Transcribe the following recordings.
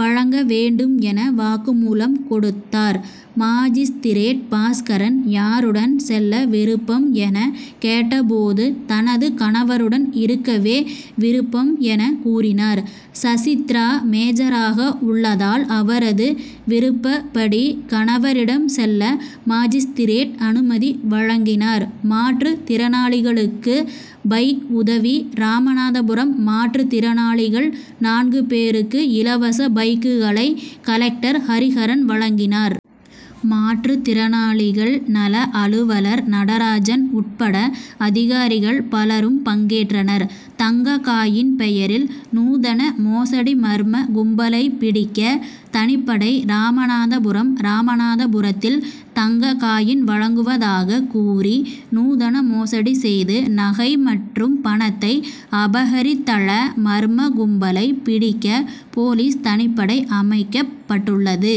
வழங்க வேண்டும் என வாக்குமூலம் கொடுத் தார். மாஜிஸ்திரேட் பாஸ்கரன் யாருடன் செல்ல விருப்பம் என கேட்டபோது தனது கணவருடன் இருக்கவே விருப்பம் என, கூறினார். சசித்ரா மேஜராக உள்ளதால் அவரது விருப்பபடி கணவரிடம் செல்ல மாஜிஸ்திரேட் அனுமதி வழங்கினார். மாற்று திறனாளிகளுக்கு பைக் உதவி ராமநாதபுரம் மாற்று திறனாளிகள் நான்கு பேருக்கு இலவச பைக்குகளை கலெக்டர் ஹரிஹரன் வழங்கினார். மாற்று திறனாளிகள் நலஅலுவலர் நடராஜன் உட்பட அதிகாரிகள் பலரும் பங்கேற்றனர். தங்க காயின் பெயரில் நூதன மோசடிமர்ம கும்பலை பிடிக்க தனிப்படை ராமநாதபுரம் ராமநாதபுரத்தில் தங்க காயின் வழங்குவதாக கூறி நூதன மோசடி செய்து நகை மற்றும் பணத்தை அபகரித்தழ மர்ம கும்பலை பிடிக்க போலீஸ் தனிப்படை அமைக்கப் பட்டுள்ளது.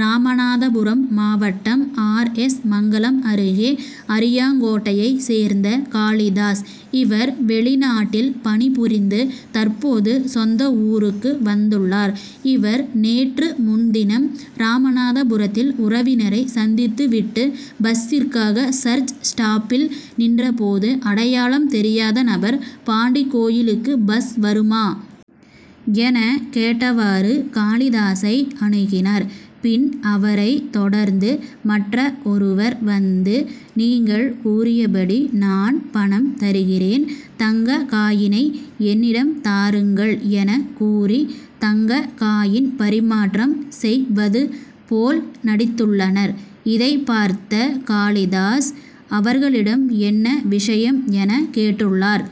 ராமநாதபுரம் மாவட்டம் ஆர். எஸ். மங்கலம் அருகே அரியாங்கோட்டையை சேர்ந்த காளிதாஸ். இவர் வெளிநாட்டில் பணிபுரிந்து தற்போது சொந்த ஊருக்கு வந்துள்ளார். இவர் நேற்றுமுன்தினம் ராமநாதபுரத்தில் உறவினரை சந்தித்து விட்டு பஸ்சிற்காக சர்ச் ஸ்டாப்பில் நின்ற போது அடையாளம் தெரியாத நபர் பாண்டி கோயிலுக்கு பஸ் வருமா? என கேட்டவாறு காளிதாசை அணுகினார். பின் அவரை தொடர்ந்து மற்ற ஒருவர் வந்து நீங்கள் கூறியபடி நான் பணம் தருகிறேன், தங்க காயினை என்னிடம் தாருங்கள் என கூறி தங்க காயின் பறிமாற்றம் செய் வது போல் நடித்துள்ளனர். இதை பார்த்த காளிதாஸ் அவர்களிடம் என்ன விஷயம் என கேட்டுள்ளார்.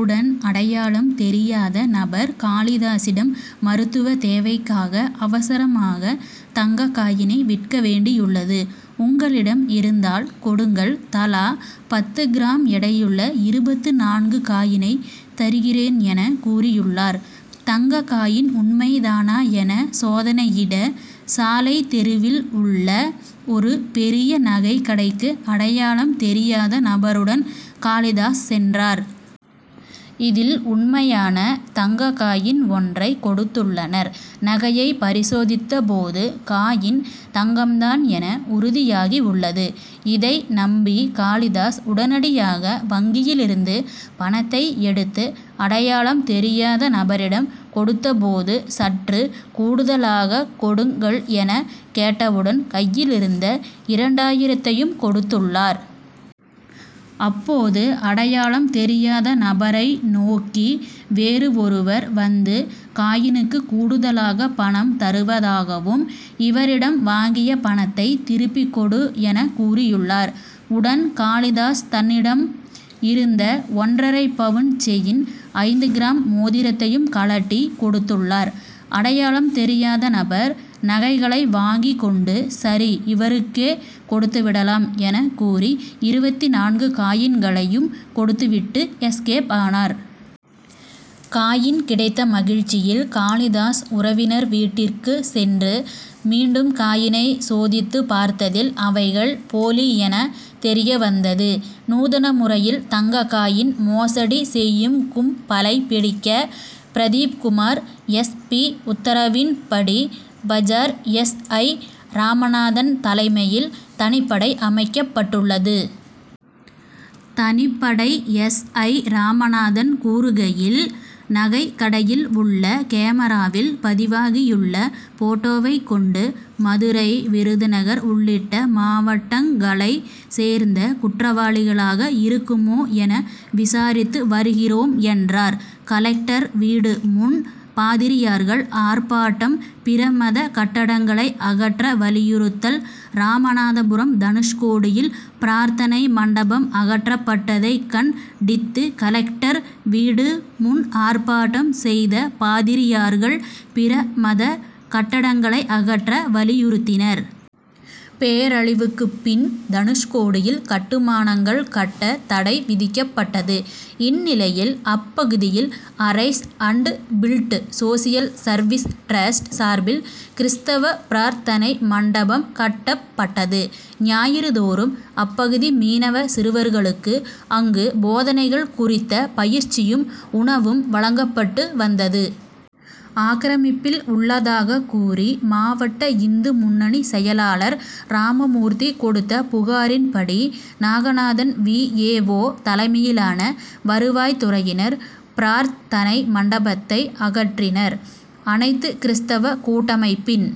உடன் அடையாளம் தெரியாத நபர் காளிதாசிடம் மருத்துவ தேவைக்காக அவசரமாக தங்க காயினை விற்க வேண்டியுள்ளது. உங்களிடம் இருந்தால் கொடுங்கள் தலா பத்து கிராம் எடையுள்ள இருபத்து நான்கு காயினை தருகிறேன் என கூறியுள்ளார். தங்ககாயின் உண்மைதானா என சோதனையிட சாலை தெருவில் உள்ள ஒரு பெரிய நகை கடைக்கு அடையாளம் தெரியாத நபருடன் காளிதாஸ் சென்றார். இதில் உண்மையான தங்க காயின் ஒன்றை கொடுத்துள்ளனர். நகையை பரிசோதித்தபோது காயின் தங்கம்தான் என உறுதியாகி உள்ளது. இதை நம்பி காளிதாஸ் உடனடியாக வங்கியிலிருந்து பணத்தை எடுத்து அடையாளம் தெரியாத நபரிடம் கொடுத்தபோது சற்று கூடுதலாக கொடுங் கள் என கேட்டவுடன் கையிலிருந்த இரண்டாயிரத்தையும் கொடுத்துள்ளார். அப்போது அடையாளம் தெரியாத நபரை நோக்கி வேறு ஒருவர் வந்து காயினுக்கு கூடுதலாக பணம் தருவதாகவும், இவரிடம் வாங்கிய பணத்தை திருப்பி கொடு என கூறியுள்ளார். உடன் காளிதாஸ் தன்னிடம் இருந்த ஒன்றரை பவுன் செயின், ஐந்து கிராம் மோதிரத்தையும் கழட்டி கொடுத்துள்ளார். அடையாளம் தெரியாதநபர் நகைகளை வாங்கி கொண்டு சரி இவருக்கே கொடுத்துவிடலாம் என கூறி இருவத்தி நான்கு காயின்களையும் கொடுத்துவிட்டு எஸ்கேப் ஆனார். காயின் கிடைத்த மகிழ்ச்சியில் காளிதாஸ் உறவினர் வீட்டிற்கு சென்று மீண்டும் காயினை சோதித்து பார்த்ததில் அவைகள் போலி என தெரியவந்தது. நூதன முறையில் தங்க காயின் மோசடி செய்யும் கும் பலை பிடிக்க பிரதீப்குமார் எஸ். பி., உத்தரவின் படி பஜார் எஸ். ஐ.,ராமநாதன் தலைமையில் தனிப்படை அமைக்கப் பட்டுள்ளது. தனிப்படை எஸ். ஐ., ராமநாதன் கூறுகையில் நகை கடையில் உள்ள கேமராவில் பதிவாகியுள்ள போட்டோவை கொண்டு மதுரை, விருதுநகர் உள்ளிட்ட மாவட்டங் களை சேர்ந்த குற்றவாளிகளாக இருக்குமோ என விசாரித்து வருகிறோம் என்றார். கலெக்டர் வீடு முன் பாதிரியார்கள் ஆர்ப்பாட்டம் பிறமத கட்டடங்களை அகற்ற வலியுறுத்தல் ராமநாதபுரம் தனுஷ்கோடியில் பிரார்த்தனை மண்டபம் அகற்றப்பட்டதை கண் டித்து கலெக்டர் வீடு முன் ஆர்ப்பாட்டம் செய்த பாதிரியார்கள், பிற மத கட்டடங்களை அகற்ற, வலியுறுத்தினர். பேரழிவுக்கு பின் தனுஷ்கோடியில் கட்டுமானங்கள் கட்ட தடை விதிக்கப்பட்டது. இந்நிலையில், அப்பகுதியில் arise and build social service trust' சார்பில் கிறிஸ்தவ பிரார்த் தனை மண்டபம் கட்டப் பட்டது. ஞாயிறு தோறும் அப்பகுதி மீனவ சிறுவர்களுக்கு அங்கு போதனைகள் குறித்த பயிற்சியும், உணவும் வழங்கப்பட்டு வந்தது. ஆக்கிரமிப்பில் உள்ளதாக கூறி மாவட்ட இந்து முன்னணி செயலாளர் ராமமூர்த்தி கொடுத்த புகாரின் படி, நாகநாதன் வி. ஏ. ஓ., தலைமையிலான வருவாய் துறையினர் பிரார்த் தனை மண்டபத்தை அகற்றினர். அனைத்து கிறிஸ்தவ கூட்டமைப்பின்